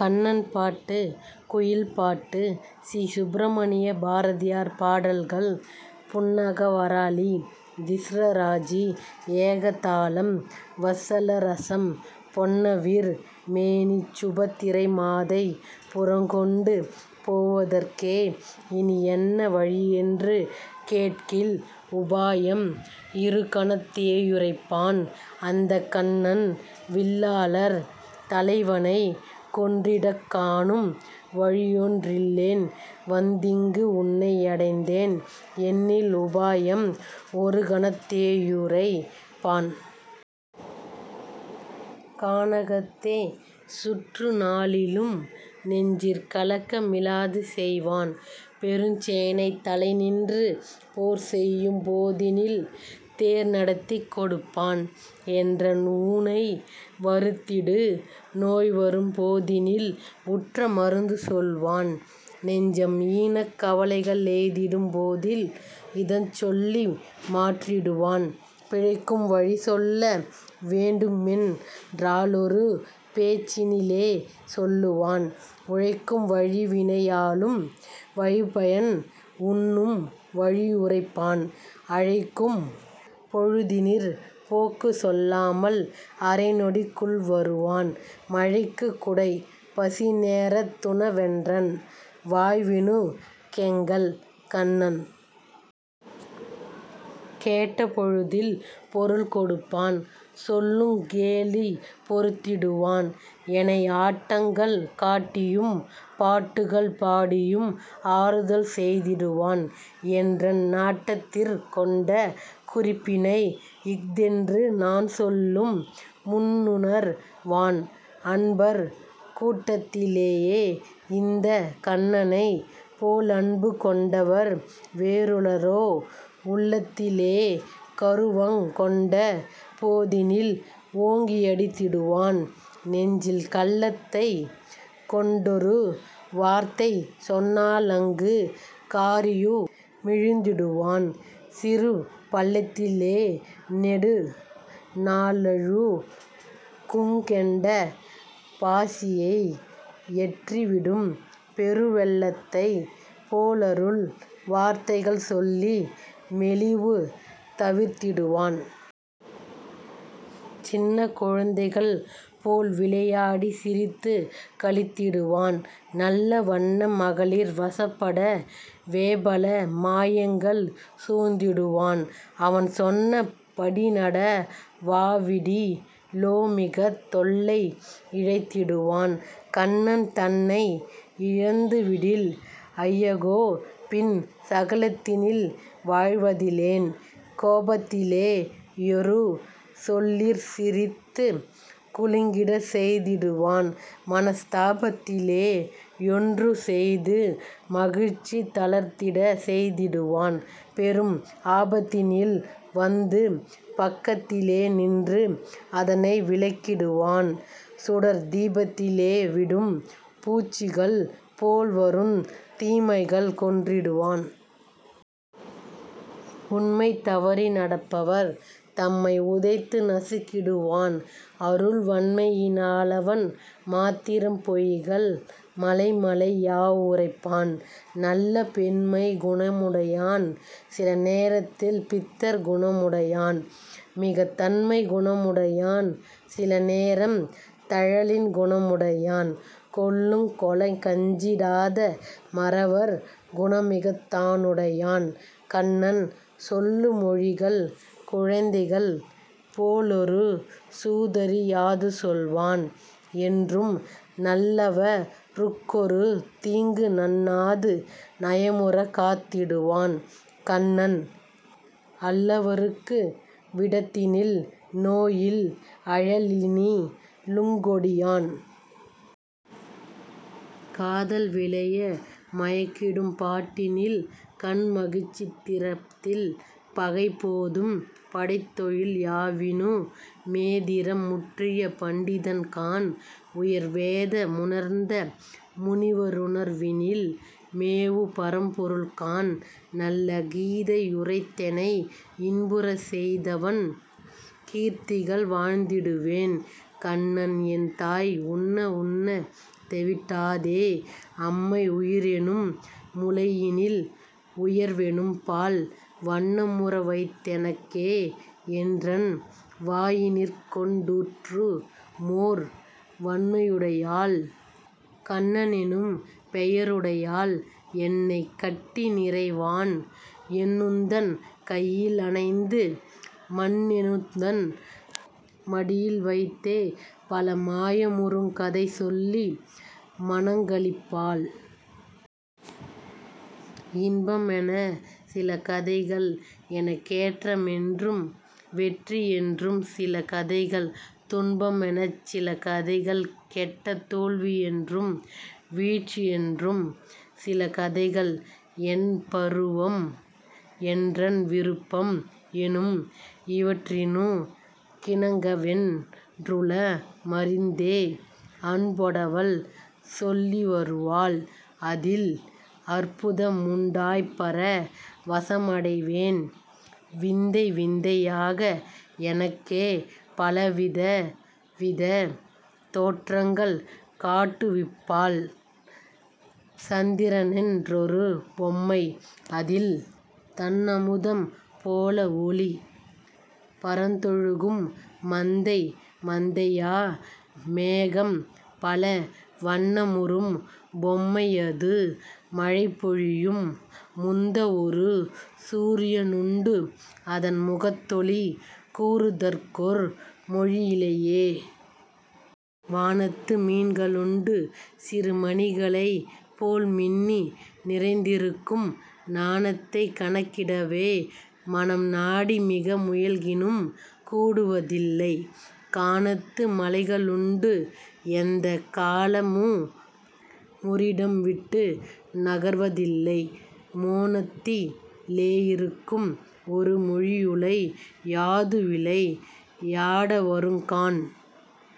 கண்ணன் பாட்டு, குயில் பாட்டு சி. சுப்ரமணிய பாரதியார் பாடல்கள் புன்னாகவராளி திஸ்ரஜாதி ஏகதாளம் வத்ஸல ரசம் பொன்னவிர் மேனிச் சுபத்திரை மாதைப் புறங்கொண்டு போவ தற்கே இனி என்ன வழியென்று கேட்கில், உபாயம் இருகணத் தேயுரைப் பான்; அந்தக் ''கன்னன் வில்லாளர் தலைவனைக் கொன்றிடக் காணும் வழியொன் றில்லேன் வந்திங்கு உன்னை யடைந்தேன்'' என்னில் உபாயம் ஒருகணத் தேயுரைப் பான். கானகத்தே சுற்று நாளிலும் நெஞ்சிற் கலக்க மிலாதுசெய் வான்; பெருஞ் சேனைத் தலைநின்று போர்செய்யும் போதினில் தேர்நடத் திக்கொடுப் பான்; என்றன் ஊனை வருத்திடு நோய்வரும் போதினில் உற்ற மருந்துசொல் வான்; நெஞ்சம் ஈனக் கவலைக ளெய்திடும் போதில் இதஞ்சொல்லி மாற்றிடு வான். பிழைக்கும் வழிசொல்ல வேண்டுமென் றாலொரு பேச்சினி லேசொல்லுவான்; உழைக்கும் வழிவினை யாளும் வழிபயன் உண்ணும் வழியுரைப் பான்; அழைக்கும் பொழுதினிற் போக்குச் சொல்லாமல் அரைநொடிக் குள்வருவான்; மழைக்குக் குடை, பசிநேரத் துணவென்றன் வாழ்வினுக் கெங்கள்கண் ணன். கேட்டபொழுதில் பொருள் கொடுப்பான்; சொல்லுங் கேலி பொறுத்திடு வான்; எனை ஆட்டங்கள் காட்டியும் பாட்டுக்கள் பாடியும் ஆறுதல் செய்திடுவான்; என்றன் நாட்டத்திற் கொண்ட குறிப்பினை இஃதென்று நான்சொல்லும் முன்னுணர் வான்; அன்பர் கூட்டத்தி லேயிந்தக் கண்ணனைப் போலன்பு கொண்டவர் வேறுள ரோ? உள்ளத்தி லேகரு வங்கொண்ட போதினில் ஓங்கி யடித் திடுவான்; நெஞ்சில் கள்ளத்தைக் கொண்டொரு வார்த்தைசொன் னாலங்கு காறி யுமிழ்ந்திடு வான்; சிறு பள்ளத்தி லேநெடு நாளழு குங்கெட்ட பாசியை யெற்றி விடும் பெரு வெள்ளத்தைப் போலருள் வார்த்தைகள் சொல்லி மெலிவு தவிர்த்திடு வான். சின்னக் குழந்தைகள் போல்விளை யாடிச் சிரித்துக் களித்திடு வான்; நல்ல வன்ன மகளிர் வசப்பட வேபல மாயங்கள் சூழ்ந்திடு வான்; அவன் சொன்ன படிநட வாவிடி லோமிகத் தொல்லை யிழைத்திடு வான்; கண்ணன் தன்னை யிழந்து விடில், ஐயகோ! பின் சகத்தினில் வாழ்வதி லேன். கோபத்தி லேயொரு சொல்லிற் சிரித்துக் குலுங்கிடச் செய்திடு வான்; மனஸ் தாபத்திலே யொன்று செய்து மகிழ்ச்சி தளிர்த்திடச் செய்திடுவான்; பெரும் ஆபத்தி னில்வந்து பக்கத்தி லேநின்று அதனை விலக்கிடு வான்; சுடர்த் தீபத்தி லேவிடும் பூச்சிகள் போல்வருந் தீமைகள் கொன்றிடு வான். உண்மை தவறி நடப்பவர் தம்மை உதைத்து நசுக்கிடுவான்; அருள் வண்மையி னாலவன் மாத்திரம் பொய்கள் மலைமலை யாவுரைப் பான்; நல்ல பெண்மைக் குணமுடை யான்; சில நேரத்தில் பித்தர் குணமுடை யான்; மிகத் தண்மைக் குணமுடை யான்; சில நேரம் தழலின் குணமுடை யான். கொல்லுங் கொலைக்கஞ்சி டாத மறவர் குணமிகத் தானுடை யான்; கண்ணன் சொல்லு மொழிகள் குழந்தைகள்; போலொரு சூதறி யாதுசொல் வான்; என்றும் நல்லவ ருக்கொரு தீங்கு நண்ணாது நயமுறக் காத்திடு வான்; கண்ணன் அல்லவ ருக்கு விடத்தினில் நோயில் அழலினி லுங்கொடி யான். காதல் விளைய மயக்கிடும் பாட்டினில் கண்மகிழ் சித்திரத் தில் பகை மோதும் படைத்தொழில் யாவினு மேதிறம் முற்றிய பண்டிதன் காண்; உயர் வேத முணர்ந்த முனிவ ருணர்வினில் மேவு பரம்பொருள் காண்; நல்ல கீதை யுரைத்தெனை இன்புறச் செய்தவன் கீர்த்திகள் வாழ்த்திடு வேன்.. கண்ணன் என் தாய் உண்ண உண்ணத் தெவிட்டாதே அம்மை உயிரெனும் முலையினில் உயர்வெனும் பால்; வண்ணமுற வைத்தெனக் கே என்றன் வாயினிற்கொண் டூட்டுமோர் வண்மையுடையாள், கண்ணனெனும் பெயருடையாள், என்னை கட்டிநிறை வான் எனுந்தன் கையி லணைத்து மண்ணெனுந்தன் மடியில்வைத்தே பல மாயமுறுங் கதைசொல்லி மனங்களிப் பாள். இன்பமெனச் சிலகதைகள் எனக் கேற்றமென்றும் வெற்றி யென்றும் சில கதைகள் துன்பமெனச் சில கதைகள் கெட்ட தோல்வியென்றும் வீழ்ச்சியென்றும் சில கதைகள் என்பருவம் என்றன் விருப்பம் எனும் இவற்றினுக் கிணங்கவென் னுளமறிந்தே அன்பொடவள் சொல்லிவரு வாள்; அதில் அற்புதமுண் டாய்ப்பர வசமடைவேன். விந்தைவிந்தை யாக எனக்கே பல விதவிதத் தோற்றங்கள் காட்டுவிப் பாள்; சந்திரனென் றொரு பொம்மை அதில் தண்ணமுதம் போலஒளி பரந்தொழுகும்; மந்தை மந்தையா மேகம் பல வண்ணமுறும் பொம்மையது மழைபொழியும்; முந்தஒரு சூரியனுண்டு அதன் முகத் தொளி கூறுதற்கொர் மொழியிலை யே. வானத்து மீன்க ளுண்டு சிறு மணிகளைப் போல்மின்னி நிறைந்திருக்கும்; நானத்தைக் கணக்கிடவே மனம் நாடிமிக முயல்கினும் கூடுவதில்லை; கானத்து மலைக ளுண்டு எந்தக் காலமுமொ ரிடம்விட்டு நகர்வதில்லை; மோனத்தி லேயிருக்கும் ஒரு மொழியுலை யாதுவிளை யாடவருங் காண்.